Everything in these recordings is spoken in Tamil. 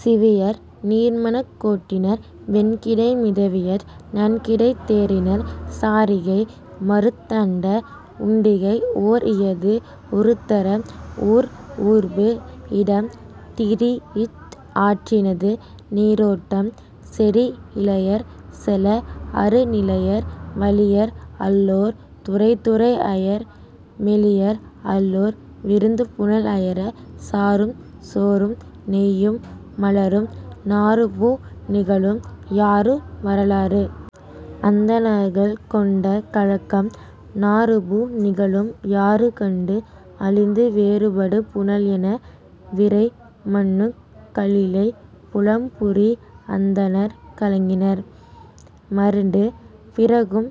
சிவிறியர், நீர் மணக் கோட்டினர், வெண் கிடை மிதவையர், நன் கிடைத் தேரினர், சாரிகை மறுத்துத் தண்டா உண்டிகை ஓர் இயவு உறுத்தர ஊர்ஊர்பு இடம் திரீஇச் ஆற்றினது நீரோட்டம் சேரி இளையர் செல அரு நிலையர், வலியர் அல்லோர் துறைதுறை அயர், மெலியர் அல்லோர் விருந்து புனல் அயர, சாறும் சேறும் நெய்யும் மலரும் நாறுபு நிகழும், யாறு வரலாறு. அந்தணர்கள் கொண்ட கலக்கம் நாறுபு நிகழும் யாறு கண்டு, அழிந்து வேறுபடு புனல் என, விரை மண்ணுக் கலிழை, புலம் புரி அந்தணர் கலங்கினர், மருண்டு. பிறரும்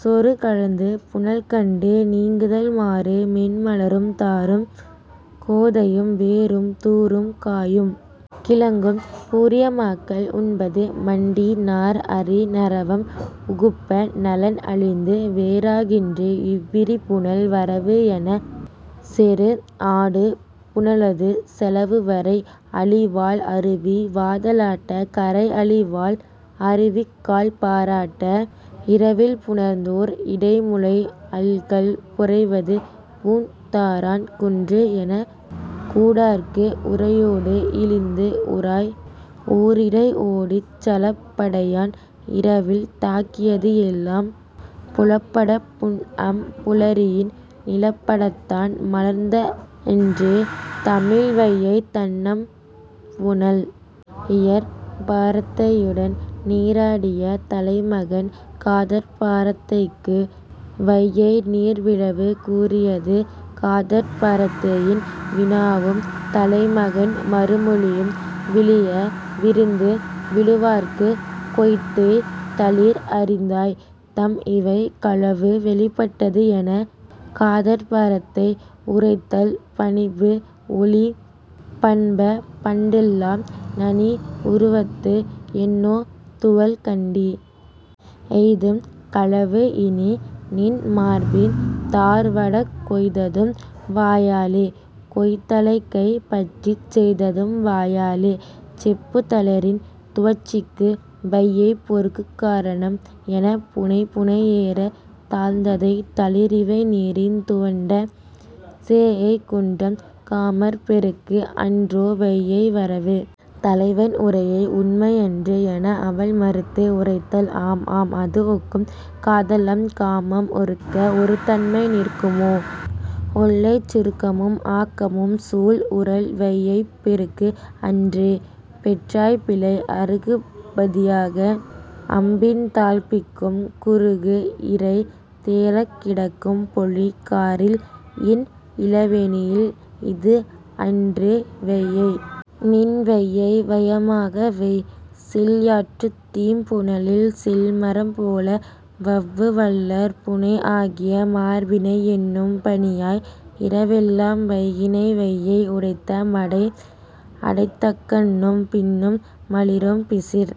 சேறு கலந்த புனல் கண்டு நீங்குதல் மாறு மென் மலரும், தாரும் கோதையும், வேரும் தூரும், காயும் கிழங்கும், பூரிய மாக்கள் உண்பது மண்டி நார் அரி நறவம் உகுப்ப 'நலன் அழிந்து, வேறாகின்று இவ் விரி புனல் வரவு' என, சேறு ஆடு புனலது செலவு வரை அழி வால் அருவி வாதாலாட்ட, கரை அழி வால் அருவிக் கால் பாராட்ட, 'இரவில் புணர்ந்தோர் இடைமுலை அல்கல் புரைவது பூந் தாரான் குன்று' எனக் கூடார்க்கு உரையோடு இழிந்து உராய், ஊரிடை ஓடிச், சலப் படையான் இரவில் தாக்கியது எல்லாம் புலப்படப் புன்அம் புலரியின் நிலப்படத் தான் மலர்ந்தன்றே தமிழ் வையைத் தண்ணம் புனல். இற்பரத்தையுடன் நீராடிய தலைமகன் காதற்பரத்தைக்கு வையை நீர் விழவு கூறியது காதற்பரத்தையின் வினாவும் தலைமகன் மறுமொழியும் 'விளியா விருந்து விழுவார்க்குக் கொய்தோய், 'தளிர் அறிந்தாய், தாம் இவை. ' களவு வெளிப்பட்டது எனக் காதற்பரத்தை உரைத்தல் 'பணிபு ஒழி பண்ப! --பண்டெல்லாம் நனி உருவத்து; என்னோ துவள் கண்டீ? -- எய்தும் களவு இனி: நின் மார்பின் தார் வாடக் கொய்ததும் வாயாளோ? கொய் தழை கை பற்றிச் செய்ததும் வாயாளோ? செப்பு. ' தளிரின் துவட்சிக்கு வையைப் பெருக்குக் காரணம் என 'புனை புனை ஏறத் தாழ்த்ததை; தளிர் இவை நீரின் துவண்ட; சேஎய் குன்றம்; காமர் பெருக்கு அன்றோ, வையை வரவு? ' தலைவன் உரையை 'உண்மை அன்று' என, அவள் மறுத்து உரைத்தல் 'ஆம் ஆம்; அது ஒக்கும்; காதல்அம் காமம் ஒருக்க ஒருதன்மை நிற்குமோ? ஒல்லைச் சுருக்கமும் ஆக்கமும் --- சூள் உறல்! --- வையைப் பெருக்கு அன்றோ? பெற்றாய் பிழை. அருகு பதியாக அம்பியின் தாழ்ப்பிக்கும், குருகு இரை தேரக் கிடக்கும்___பொழி காரில், இன் இளவேனில், இது அன்றோ வையை? நின் வையை வயமாக வை. செல் யாற்றுத் தீம் புனலில் செல் மரம் போல, வவ்வு வல்லார் புணை ஆகிய மார்பினை; என்னும் பனியாய் இரவெல்லாம் வைகினை; வையை உடைந்த மடை அடைத்தக்கண்ணும் பின்னும் மலிரும் பிசிர்